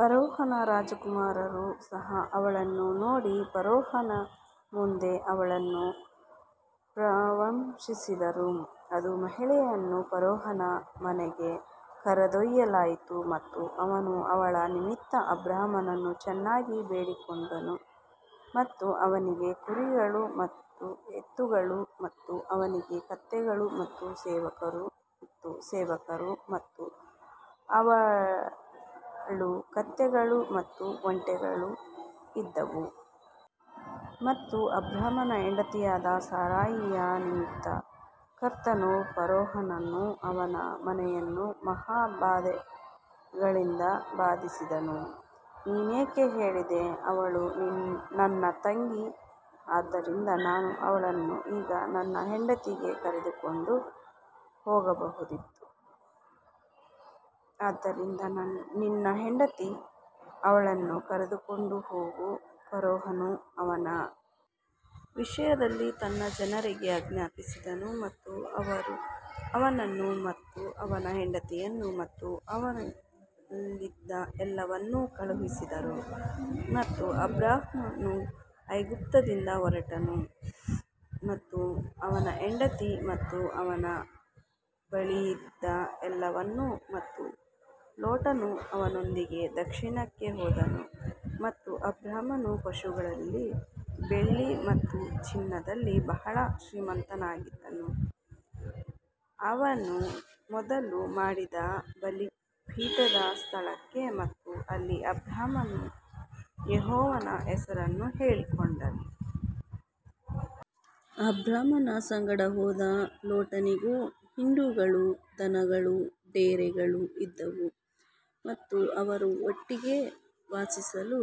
ಫರೋಹನ ರಾಜಕುಮಾರರು ಸಹ ಅವಳನ್ನು ನೋಡಿ ಫರೋಹನ ಮುಂದೆ ಅವಳನ್ನು ಪ್ರಶಂಸಿಸಿದರು ಮತ್ತು ಮಹಿಳೆಯನ್ನು ಫರೋಹನ ಮನೆಗೆ ಕರೆದೊಯ್ಯಲಾಯಿತು. ಮತ್ತು ಅವನು ಅವಳ ನಿಮಿತ್ತ ಅಬ್ರಾಮನನ್ನು ಚೆನ್ನಾಗಿ ಬೇಡಿಕೊಂಡನು ಮತ್ತು ಅವನಿಗೆ ಕುರಿಗಳು ಮತ್ತು ಎತ್ತುಗಳು ಮತ್ತು ಅವನಿಗೆ ಕತ್ತೆಗಳು ಮತ್ತು ಸೇವಕರು ಮತ್ತು ಸೇವಕರು ಮತ್ತು ಅವಳು ಕತ್ತೆಗಳು ಮತ್ತು ಒಂಟೆಗಳು ಇದ್ದವು. ಮತ್ತು ಅಬ್ರಾಮನ ಹೆಂಡತಿಯಾದ ಸಾರಾಯಿಯ ನಿಮಿತ್ತ ಕರ್ತನು ಫರೋಹನನ್ನೂ ಅವನ ಮನೆಯನ್ನೂ ಮಹಾ ಬಾಧೆಗಳಿಂದ ಬಾಧಿಸಿದನು. ನೀನೇಕೆ ಹೇಳಿದೆ ಅವಳು ನನ್ನ ತಂಗಿ ಆದ್ದರಿಂದ ನಾನು ಅವಳನ್ನು ಈಗ ನನ್ನ ಹೆಂಡತಿಗೆ ಕರೆದುಕೊಂಡು ಹೋಗಬಹುದಿತ್ತು ಆದ್ದರಿಂದ ನಿನ್ನ ಹೆಂಡತಿ ಅವಳನ್ನು ಕರೆದುಕೊಂಡು ಹೋಗು ಫರೋಹನು ಅವನ ವಿಷಯದಲ್ಲಿ ತನ್ನ ಜನರಿಗೆ ಆಜ್ಞಾಪಿಸಿದನು ಮತ್ತು ಅವರು ಅವನನ್ನು ಮತ್ತು ಅವನ ಹೆಂಡತಿಯನ್ನು ಮತ್ತು ಅವನಲ್ಲಿದ್ದ ಎಲ್ಲವನ್ನೂ ಕಳುಹಿಸಿದರು ಮತ್ತು ಅಬ್ರಾಮನು ಐಗುಪ್ತದಿಂದ ಹೊರಟನು ಮತ್ತು ಅವನ ಹೆಂಡತಿ ಮತ್ತು ಅವನ ಬಳಿಯಿದ್ದ ಎಲ್ಲವನ್ನೂ ಮತ್ತು ಲೋಟನು ಅವನೊಂದಿಗೆ ದಕ್ಷಿಣಕ್ಕೆ ಹೋದನು ಮತ್ತು ಅಬ್ರಾಮನು ಪಶುಗಳಲ್ಲಿ ಬೆಳ್ಳಿ ಮತ್ತು ಚಿನ್ನದಲ್ಲಿ ಬಹಳ ಶ್ರೀಮಂತನಾಗಿದ್ದನು ಅವನು ಮೊದಲು ಮಾಡಿದ ಬಲಿಪೀಠದ ಸ್ಥಳಕ್ಕೆ ಮತ್ತು ಅಲ್ಲಿ ಅಬ್ರಾಮನು ಯೆಹೋವನ ಹೆಸರನ್ನು ಹೇಳಿಕೊಂಡನು. ಅಬ್ರಾಮನ ಸಂಗಡ ಹೋದ ಲೋಟನಿಗೂ ಹಿಂಡುಗಳೂ ದನಗಳೂ ಡೇರೆಗಳೂ ಇದ್ದವು ಮತ್ತು ಅವರು ಒಟ್ಟಿಗೆ ವಾಸಿಸಲು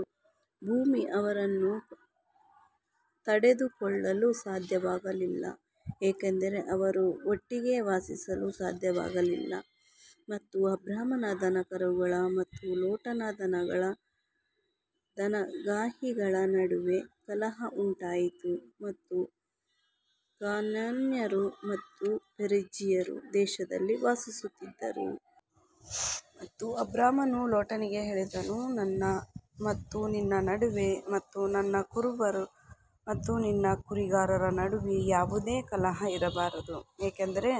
ಭೂಮಿ ಅವರನ್ನು ತಡೆದುಕೊಳ್ಳಲು ಸಾಧ್ಯವಾಗಲಿಲ್ಲ, ಏಕೆಂದರೆ ಅವರು ಒಟ್ಟಿಗೆ ವಾಸಿಸಲು ಸಾಧ್ಯವಾಗಲಿಲ್ಲ. ಮತ್ತು ಅಬ್ರಾಮನ ದನಕರುಗಳ ಮತ್ತು ಲೋಟನ ದನಗಳ ದನಗಾಹಿಗಳ ನಡುವೆ ಕಲಹ ಉಂಟಾಯಿತು ಮತ್ತು ಕಾನಾನ್ಯರು ಮತ್ತು ಪೆರಿಜ್ಜೀಯರು ದೇಶದಲ್ಲಿ ವಾಸಿಸುತ್ತಿದ್ದರು. ಮತ್ತು ಅಬ್ರಾಮನು ಲೋಟನಿಗೆ ಹೇಳಿದನು, ನನ್ನ ಮತ್ತು ನಿನ್ನ ನಡುವೆ ಮತ್ತು ನನ್ನ ಕುರುಬರು ಮತ್ತು ನಿನ್ನ ಕುರಿಗಾರರ ನಡುವೆ ಯಾವುದೇ ಕಲಹ ಇರಬಾರದು ಏಕೆಂದರೆ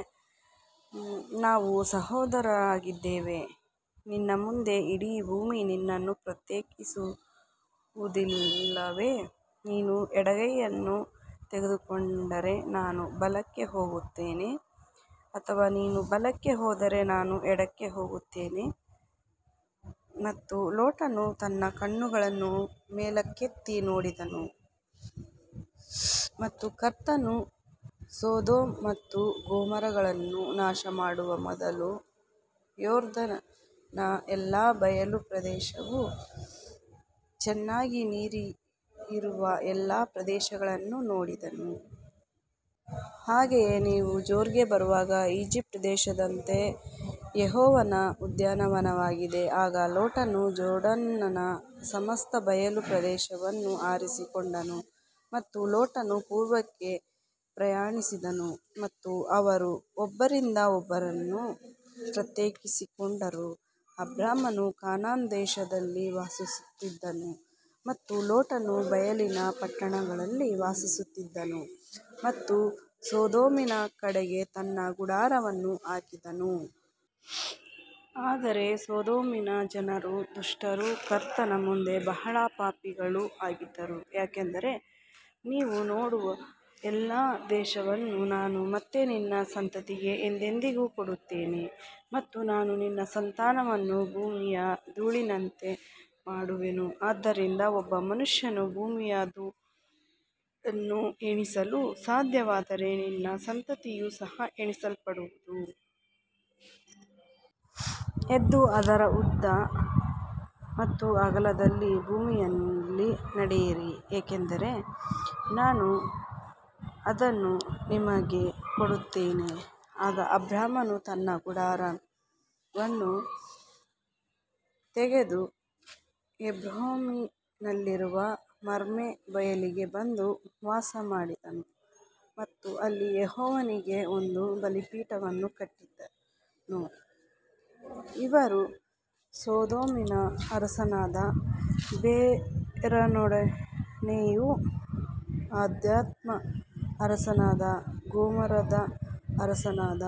ನಾವು ಸಹೋದರರಾಗಿದ್ದೇವೆ. ನಿನ್ನ ಮುಂದೆ ಇಡೀ ಭೂಮಿ ನಿನ್ನನ್ನು ಪ್ರತ್ಯೇಕಿಸುವುದಿಲ್ಲವೇ ನೀನು ಎಡಗೈಯನ್ನು ತೆಗೆದುಕೊಂಡರೆ ನಾನು ಬಲಕ್ಕೆ ಹೋಗುತ್ತೇನೆ ಅಥವಾ ನೀವು ಬಲಕ್ಕೆ ಹೋದರೆ ನಾನು ಎಡಕ್ಕೆ ಹೋಗುತ್ತೇನೆ ಮತ್ತು ಲೋಟನು ತನ್ನ ಕಣ್ಣುಗಳನ್ನು ಮೇಲಕ್ಕೆತ್ತಿ ನೋಡಿದನು ಮತ್ತು ಕರ್ತನು ಸೊದೋಮ್ ಮತ್ತು ಗೊಮೋರಗಳನ್ನು ನಾಶಮಾಡುವ ಮೊದಲು ಯೋರ್ದನಿನ ಎಲ್ಲಾ ಬಯಲು ಪ್ರದೇಶವು ಚೆನ್ನಾಗಿ ನೀರಿರುವ ಎಲ್ಲಾ ಪ್ರದೇಶಗಳನ್ನು ನೋಡಿದನು. ಹಾಗೆಯೇ ನೀವು ಜೋರ್ಗೆ ಬರುವಾಗ ಈಜಿಪ್ಟ್ ದೇಶದಂತೆ ಯೆಹೋವನ ಉದ್ಯಾನವಾಗಿದೆ. ಆಗ ಲೋಟನು ಜೋರ್ಡನ್ನ ಸಮಸ್ತ ಬಯಲು ಪ್ರದೇಶವನ್ನು ಆರಿಸಿಕೊಂಡನು ಮತ್ತು ಲೋಟನು ಪೂರ್ವಕ್ಕೆ ಪ್ರಯಾಣಿಸಿದನು ಮತ್ತು ಅವರು ಒಬ್ಬರಿಂದ ಒಬ್ಬರನ್ನು ಪ್ರತ್ಯೇಕಿಸಿಕೊಂಡರು. ಅಬ್ರಾಮನು ಕಾನಾನ್ ದೇಶದಲ್ಲಿ ವಾಸಿಸುತ್ತಿದ್ದನು ಮತ್ತು ಲೋಟನು ಬಯಲಿನ ಪಟ್ಟಣಗಳಲ್ಲಿ ವಾಸಿಸುತ್ತಿದ್ದನು ಮತ್ತು ಸೊದೋಮಿನ ಕಡೆಗೆ ತನ್ನ ಗುಡಾರವನ್ನು ಹಾಕಿದನು. ಆದರೆ ಸೊದೋಮಿನ ಜನರು ದುಷ್ಟರೂ ಕರ್ತನ ಮುಂದೆ ಬಹಳ ಪಾಪಿಗಳೂ ಆಗಿದ್ದರು ಯಾಕಂದರೆ ನೀನು ನೋಡುವ ಎಲ್ಲಾ ದೇಶವನ್ನು ನಾನು ಮತ್ತು ನಿನ್ನ ಸಂತತಿಗೆ ಎಂದೆಂದಿಗೂ ಕೊಡುತ್ತೇನೆ ಮತ್ತು ನಾನು ನಿನ್ನ ಸಂತಾನವನ್ನು ಭೂಮಿಯ ಧೂಳಿನಂತೆ ಮಾಡುವೆನು ಆದ್ದರಿಂದ ಒಬ್ಬ ಮನುಷ್ಯನು ಭೂಮಿಯ ಧೂಳನ್ನು ಎಣಿಸಲು ಸಾಧ್ಯವಾದರೆ ನಿನ್ನ ಸಂತತಿಯು ಸಹ ಎಣಿಸಲ್ಪಡುವದು. ಎದ್ದು ಅದರ ಉದ್ದ ಮತ್ತು ಅಗಲದಲ್ಲಿ ಭೂಮಿಯಲ್ಲಿ ನಡೆಯಿರಿ ಏಕೆಂದರೆ ನಾನು ಅದನ್ನು ನಿನಗೆ ಕೊಡುತ್ತೇನೆ ಆಗ ಅಬ್ರಾಮನು ತನ್ನ ಗುಡಾರವನ್ನು ತೆಗೆದು ಹೆಬ್ರೋನಿನಲ್ಲಿರುವ ಮಮ್ರೆ ಬಯಲಿಗೆ ಬಂದು ವಾಸಮಾಡಿದನು ಮತ್ತು ಅಲ್ಲಿ ಯೆಹೋವನಿಗೆ ಒಂದು ಬಲಿಪೀಠವನ್ನು ಕಟ್ಟಿದನು. ಇವರು ಸೊದೋಮಿನ ಅರಸನಾದ ಬೇರನೊಡನೆಯೂ ಅದ್ಮಾದ ಅರಸನಾದ ಗೊಮೋರದ ಅರಸನಾದ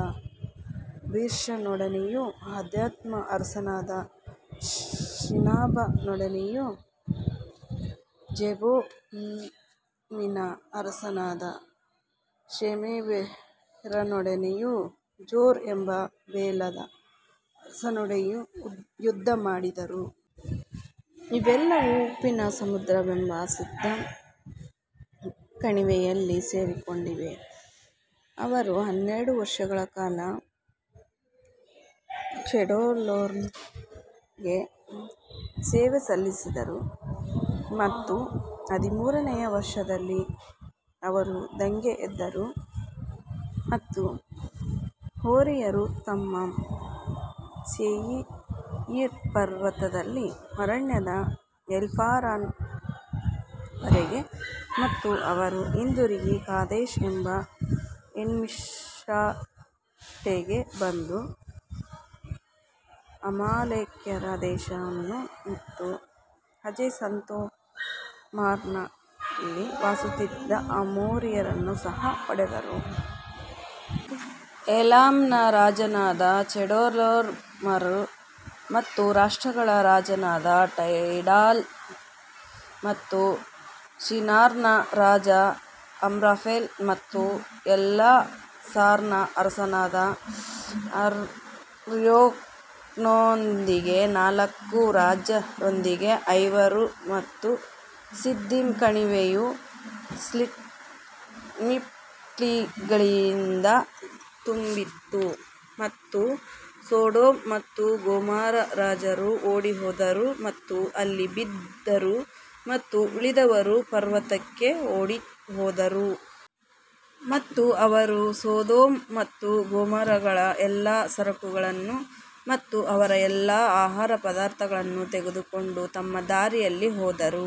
ಬಿರ್ಷನೊಡನೆಯೂ ಅದ್ಮಾದ ಅರಸನಾದ ಶಿನಾಬನೊಡನೆಯೂ ಝೆಬೋಯಿಮಿನ ಅರಸನಾದ ಶೆಮೆಬೆರನೊಡನೆಯೂ ಜೋರ್ ಎಂಬ ಬೇಲದ ಅರಸನೊಡನೆಯೂ ಯುದ್ಧಮಾಡಿದರು. ಇವೆಲ್ಲವೂ ಉಪ್ಪಿನ ಸಮುದ್ರವೆಂಬ ಸಿದ್ದಿಮ್ ಕಣಿವೆಯಲ್ಲಿ ಸೇರಿಕೊಂಡಿವೆ ಅವರು ಹನ್ನೆರಡು ವರ್ಷಗಳ ಕಾಲ ಚೆಡೋರ್ಲೋಮರ್ಗೆ ಸೇವೆ ಸಲ್ಲಿಸಿದರು ಮತ್ತು ಹದಿಮೂರನೆಯ ವರ್ಷದಲ್ಲಿ ಅವರು ದಂಗೆ ಎದ್ದರು ಮತ್ತು ಹೋರಿಯರು ತಮ್ಮ ಸೇಯಿರ್ ಪರ್ವತದಲ್ಲಿ ಅರಣ್ಯದ ಎಲ್ಪಾರಾನ್ ವರೆಗೆ ಮತ್ತು ಅವರು ಹಿಂದಿರುಗಿ ಕಾದೇಶ್ ಎಂಬ ಎನ್ಮಿಷ್ಪಾಟ್ಗೆ ಬಂದು ಅಮಾಲೇಕ್ಯರ ದೇಶವನ್ನು ಮತ್ತು ಹಜೆಸೋಂತಾಮಾರ್ನಲ್ಲಿ ವಾಸಿಸುತ್ತಿದ್ದ ಅಮೋರಿಯರನ್ನು ಸಹ ಹೊಡೆದರು. ಏಲಾಮ್ನ ರಾಜನಾದ ಚೆಡೋರ್ಲೋಮರ್ ಮತ್ತು ರಾಷ್ಟ್ರಗಳ ರಾಜನಾದ ಟೈಡಾಲ್ ಮತ್ತು ಶಿನಾರ್ನ ರಾಜ ಅಮ್ರಾಫೆಲ್ ಮತ್ತು ಎಲ್ಲಸಾರ್ನ ಅರಸನಾದ ಅರ್ಯೋಕ್ನೊಂದಿಗೆ ನಾಲ್ಕು ರಾಜರೊಂದಿಗೆ ಐವರು ಮತ್ತು ಸಿದ್ದಿಮ್ ಕಣಿವೆಯು ಸ್ಲಿಮ್ಪಿಟ್ಗಳಿಂದ ತುಂಬಿತ್ತು ಮತ್ತು ಸೊಡೊಮ್ ಮತ್ತು ಗೊಮೊರಾ ರಾಜರು ಓಡಿಹೋದರು ಮತ್ತು ಅಲ್ಲಿ ಬಿದ್ದರು ಮತ್ತು ಉಳಿದವರು ಪರ್ವತಕ್ಕೆ ಓಡಿಹೋದರು. ಮತ್ತು ಅವರು ಸೊದೋಮ್ ಮತ್ತು ಗೊಮೋರಗಳ ಎಲ್ಲಾ ಸರಕುಗಳನ್ನು ಮತ್ತು ಅವರ ಎಲ್ಲಾ ಆಹಾರ ಪದಾರ್ಥಗಳನ್ನು ತೆಗೆದುಕೊಂಡು ತಮ್ಮ ದಾರಿಯಲ್ಲಿ ಹೋದರು.